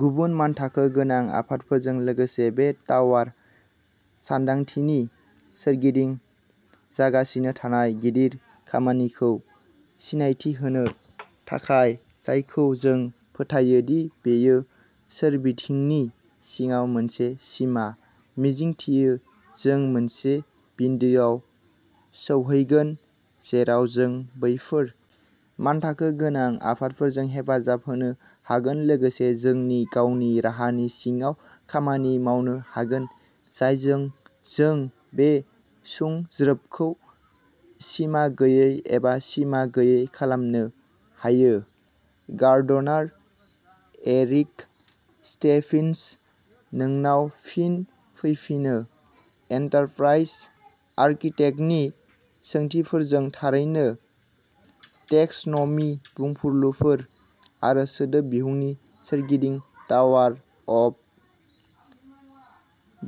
गुबुन मानथाखो गोनां आफादफोरजों लोगोसे बे टावार सानदांथिनि सोरगिदिं जागासिनो थानाय गिदिर खामानिखौ सिनायथि होनो थाखाय जायखौ जों फोथायो दि बेयो सोरबिथिंनि सिङाव मोनसे सिमा। मिजिंथियो जों मोनसे बिन्दोआव सौहैगोन जेराव जों बैफोर मानथाखो गोनां आफादफोरजों हेफाजाब होनो हागोन लोगोसे जोंनि गावनि राहानि सिङाव खामानि मावनो हागोन जायजों जों बे सुंज्रोबखौ सिमा गैयै एबा सिमा गैयै खालामनो हायो गार्डनार एरिक स्टेफेनस नोंनाव फिन फैफिनो एन्टारप्राइज आर्किटेक्टनि सोंथिफोरजों थारैनो टेक्स'न'मि बुंफुरलुफोर आरो सोदोब बिहुंनि सोरगिदिं टावार अफ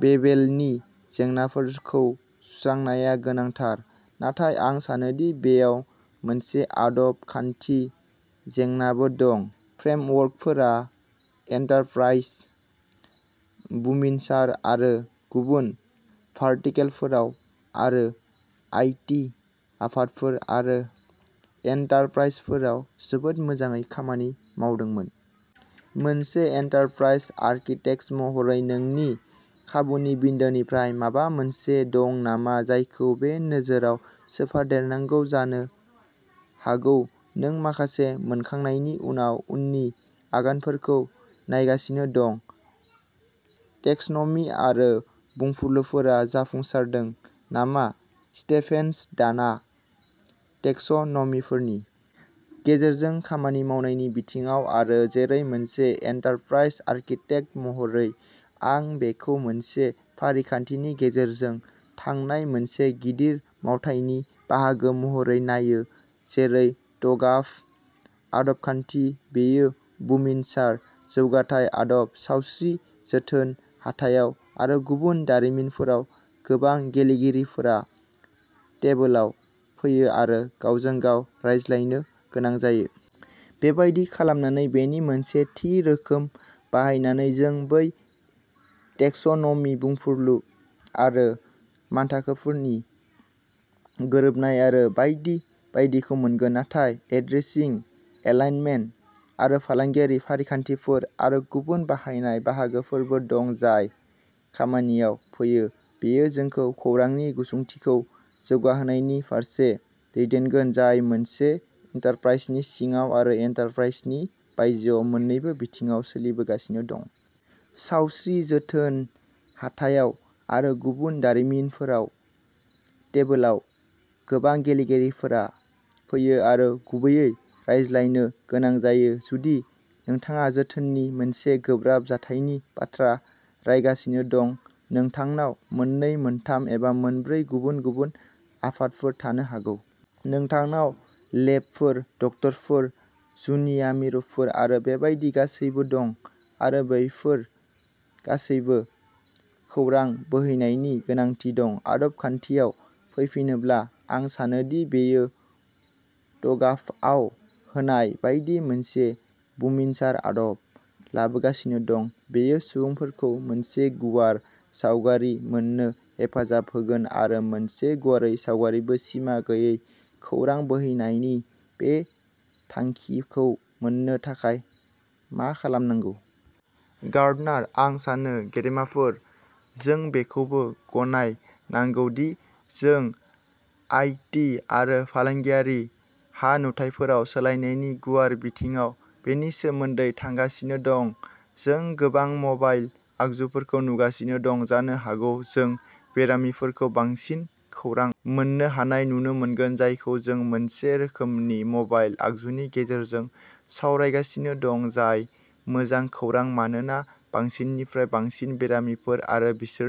बेबेलनि जेंनाफोरखौ सुस्रांनाया गोनांथार नाथाय आं सानो दि बेयाव मोनसे आदब खान्थि जेंनाबो दं फ्रेमवर्कफोरा एन्टारप्राइज बुमिनसार आरो गुबुन भार्टिकेलफोराव आरो आईटी आफादफोर आरो एन्टारप्राइजफोराव जोबोद मोजाङै खामानि मावदोंमोन। मोनसे एन्टारप्राइज आर्किटेक्ट महरै नोंनि खाबुनि बिन्दोनिफ्राय माबा मोनसे दं नामा जायखौ बे नोजोरआव सोफादेरनांगौ जानो हागौ नों माखासे मोनखांनायनि उनाव उननि आगानफोरखौ नायगासिनो दं टेक्स'नमि आरो बुंफुरलुफोरा जाफुंसारदों नामा स्टेफेनस डाना टेक्स'नमिफोरनि गेजेरजों खामानि मावनायनि बिथिङाव आरो जेरै मोनसे एन्टारप्राइज आर्किटेक्ट महरै आं बेखौ मोनसे फारिखान्थिनि गेजेरजों थांनाय मोनसे गिदिर मावथायनि बाहागो महरै नायो जेरै ट'गाफ आदबखान्थि बेयो बुमिनसार जौगाथाय आदब सावस्रि जोथोन हाथायाव आरो गुबुन दारिमिनफोराव गोबां गेलेगिरिफोरा टेबोलाव फैयो आरो गावजों गाव रायज्लायनो गोनां जायो। बेबादि खालामनानै बेनि मोनसे थि रोखोम बाहायनानै जों बै टेक्स'नमि बुंफुरलु आरो मानथाखोफोरनि गोरोबनाय आरो बायदि बायदिखौ मोनगोन। नाथाय एड्रेसिं एलाइनमेन्ट आरो फालांगियारि फारिखान्थिफोर आरो गुबुन बाहायनाय बाहागोफोरबो दं जाय खामानियाव फैयो। बेयो जोंखौ खौरांनि गुसुंथिखौ जौगाहोनायनि फारसे दैदेनगोन जाय मोनसे एन्टारप्राइजनि सिङाव आरो एन्टारप्राइजनि बायजोआव मोननैबो बिथिङाव सोलिबोगासिनो दं। सावस्रि जोथोन हाथायाव आरो गुबुन दारिमिनफोराव टेबोलाव गोबां गेलेगिरिफोरा फैयो आरो गुबैयै रायज्लायनो गोनां जायो जुदि नोंथाङा जोथोननि मोनसे गोब्राब जाथायनि बाथ्रा रायगासिनो दं नोंथांनाव मोननै मोनथाम एबा मोनब्रै गुबुन गुबुन आफादफोर थानो हागौ। नोंथांनाव लेबफोर डक्टरफोर जुनिया मिरुफोर आरो बेबादि गासैबो दं आरो बैफोर गासैबो खौरां बोहैनायनि गोनांथि दं आदबखान्थियाव फैफिनोब्ला आं सानो दि बेयो ट'गाफआव होनाय बायदि मोनसे बुमिनसार आदब लाबोगासिनो दं बेयो सुबुंफोरखौ मोनसे गुवार सावगारि मोननो हेफाजाब होगोन आरो मोनसे गुवारै सावगारिबो सिमा गैयै खौरां बोहैनायनि बे थांखिखौ मोन्नो थाखाय मा खालामनांगौ। गार्डनार आं सानो गेदेमाफोर जों बेखौबो गनायनांगौ दि जों आईटी आरो फालांगियारि हा नुथाइफोराव सोलायनायनि गुवार बिथिङाव बेनि सोमोन्दै थांगासिनो दं जों गोबां मबाइल आगजुफोरखौ नुगासिनो दं जानो हागौ जों बेरामिफोरखौ बांसिन खौरां मोन्नो हानाय नुनो मोनगोन जायखौ जों मोनसे रोखोमनि मबाइल आगजुनि गेजेरजों सावरायगासिनो दं जाय मोजां खौरां मानोना बांसिननिफ्राय बांसिन बेरामिफोर आरो बिसोरनि